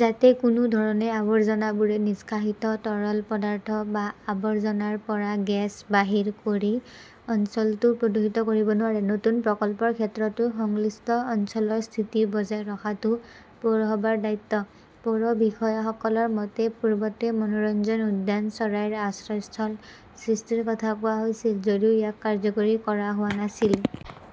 যাতে কোনো ধৰণে আৱৰ্জনাবোৰে নিষ্কাশিত তৰল পদাৰ্থ বা আৱৰ্জনাৰ পৰা গেছ বাহিৰ কৰি অঞ্চলটো প্ৰদূষিত কৰিব নোৱাৰে। নতুন প্ৰকল্পৰ ক্ষেত্ৰতো সংশ্লিষ্ট অঞ্চলৰ স্থিতি বজাই ৰখাটো পৌৰসভাৰ দায়িত্ব। পৌৰ বিষয়াসকলৰ মতে, পূৰ্বতে মনোৰঞ্জন উদ্যান, চৰাইৰ আশ্ৰয়স্থল সৃষ্টিৰ কথা কোৱা হৈছিল যদিও ইয়াক কাৰ্যকৰী কৰা হোৱা নাছিল।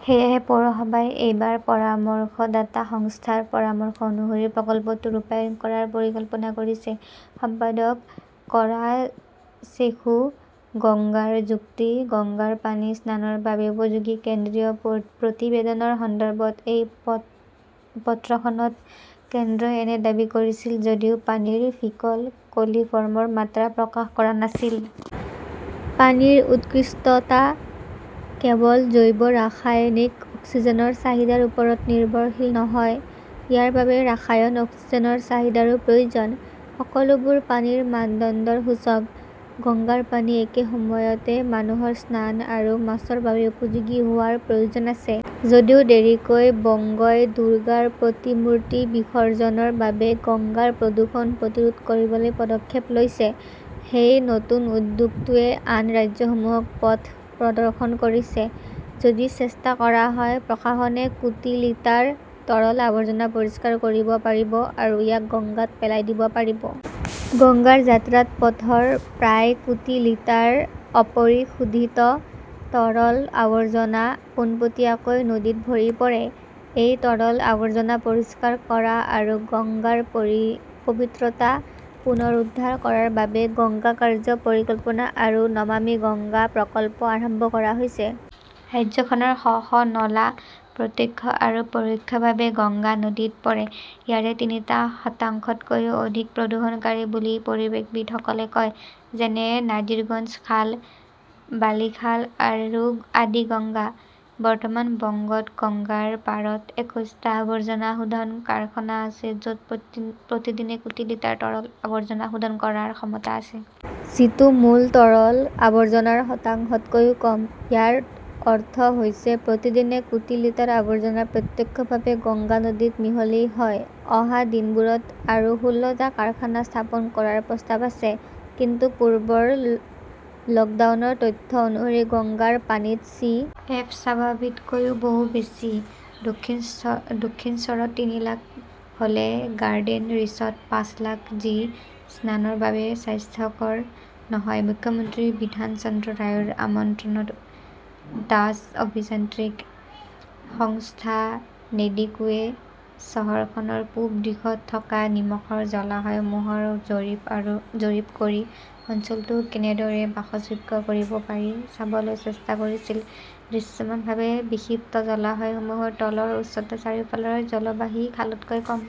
সেয়েহে পৌৰসভাই এইবাৰ পৰামৰ্শদাতা সংস্থাৰ পৰামৰ্শ অনুসৰি প্ৰকল্পটো ৰূপায়ণ কৰাৰ পৰিকল্পনা কৰিছে। সম্পাদক কৰাচেশুঃ গংগাৰ যুক্তি, "গংগাৰ পানী স্নানৰ বাবে উপযোগী, কেন্দ্ৰীয় প্ৰ প্ৰতিবেদনৰ সন্দৰ্ভত এই প পত্ৰখনত কেন্দ্ৰই এনে দাবী কৰিছিল যদিও পানীৰ 'ফিকল কলিফৰ্মৰ' মাত্ৰা প্ৰকাশ কৰা নাছিল। পানীৰ উৎকৃষ্টতা কেৱল জৈৱ ৰাসায়নিক অক্সিজেনৰ চাহিদাৰ ওপৰত নিৰ্ভৰশীল নহয়, ইয়াৰ বাবে ৰাসায়ন অক্সিজেনৰ চাহিদাৰো প্ৰয়োজন। সকলোবোৰ পানীৰ মানদণ্ডৰ সূচক। গংগাৰ পানী একে সময়তে মানুহৰ স্নান আৰু মাছৰ বাবে উপযোগী হোৱাৰ প্ৰয়োজন আছে। যদিও দেৰিকৈ, বংগই দুৰ্গাৰ প্ৰতিমূৰ্তি বিসৰ্জনৰ বাবে গংগাৰ প্ৰদূষণ প্ৰতিৰোধ কৰিবলৈ পদক্ষেপ লৈছে। সেই নতুন উদ্যোগটোৱে আন ৰাজ্যসমূহক পথ প্ৰদৰ্শন কৰিছে। যদি চেষ্টা কৰা হয়, প্ৰশাসনে কোটি লিটাৰ তৰল আৱৰ্জনা পৰিষ্কাৰ কৰিব পাৰিব আৰু ইয়াক গঙ্গাত পেলাই দিব পাৰিব। গংগাৰ যাত্ৰাৰ পথৰ প্ৰায় কোটি লিটাৰ অপৰিশোধিত তৰল আৱৰ্জনা পোনপটীয়াকৈ নদীত ভৰি পৰে। এই তৰল আৱৰ্জনা পৰিষ্কাৰ কৰা আৰু গংগাৰ পৰি পৱিত্ৰতা পুনৰুদ্ধাৰ কৰাৰ বাবে "গংগা কাৰ্য্য পৰিকল্পনা" আৰু "নমামি গংগা" প্ৰকল্প আৰম্ভ কৰা হৈছে। ৰাজ্যখনৰ শ শ নলা প্ৰত্যক্ষ আৰু পৰোক্ষভাৱে গংগা নদীত পৰে। ইয়াৰে তিনিটা শতাংশতকৈও অধিক প্ৰদূষণকাৰী বুলি পৰিৱেশবিদসকলে কয়। যেনে-নাজিৰগঞ্জ খাল, বালি খাল আৰু আদি গংগা। বৰ্তমান বংগত গংগাৰ পাৰত একৈশটা আৱৰ্জনা শোধন কাৰখানা আছে, য'ত প্ৰতি প্ৰতিদিনে কোটি লিটাৰ তৰল আৱৰ্জনা শোধন কৰাৰ ক্ষমতা আছে। যিটো মূল তৰল আৱৰ্জনাৰ শতাংশতকৈ কম। ইয়াৰ অৰ্থ হৈছে প্ৰতিদিনে কোটি লিটাৰ আৱৰ্জনা প্ৰত্যক্ষভাৱে গংগা নদীত মিহলি হয়। অহা দিনবোৰত আৰু ষোল্লটা কাৰখানা স্থাপন কৰাৰ প্ৰস্তাৱ আছে। কিন্তু পূৰ্বৰ লকডাউনৰ তথ্য অনুসৰি গংগাৰ পানীত চি. এফ. স্বাভাৱিকতকৈ বহু বেছি। দক্ষিণশ্বৰ দক্ষিণশ্বৰত তিনি লাখ হ'লে গাৰ্ডেনৰিছত পাঁচ লাখ, যি স্নানৰ বাবে স্বাস্থ্যকৰ নহয়।" মুখ্যমন্ত্ৰী বিধান চন্দ্ৰ ৰায়ৰ আমন্ত্ৰণত ডাচ অভিযান্ত্ৰিক সংস্থা নেডিকোৱে চহৰখনৰ পূব দিশত থকা নিমখৰ জলাশয়সমূহৰ জৰীপ জৰীপ কৰি অঞ্চলটো কেনেদৰে বাসযোগ্য কৰিব পাৰি চাবলৈ চেষ্টা কৰিছিল। দৃশ্যমানভাৱে, বিক্ষিপ্ত জলাশয়সমূহৰ তলৰ উচ্চতা চাৰিওফালৰ জলবাহী খালতকৈ কম।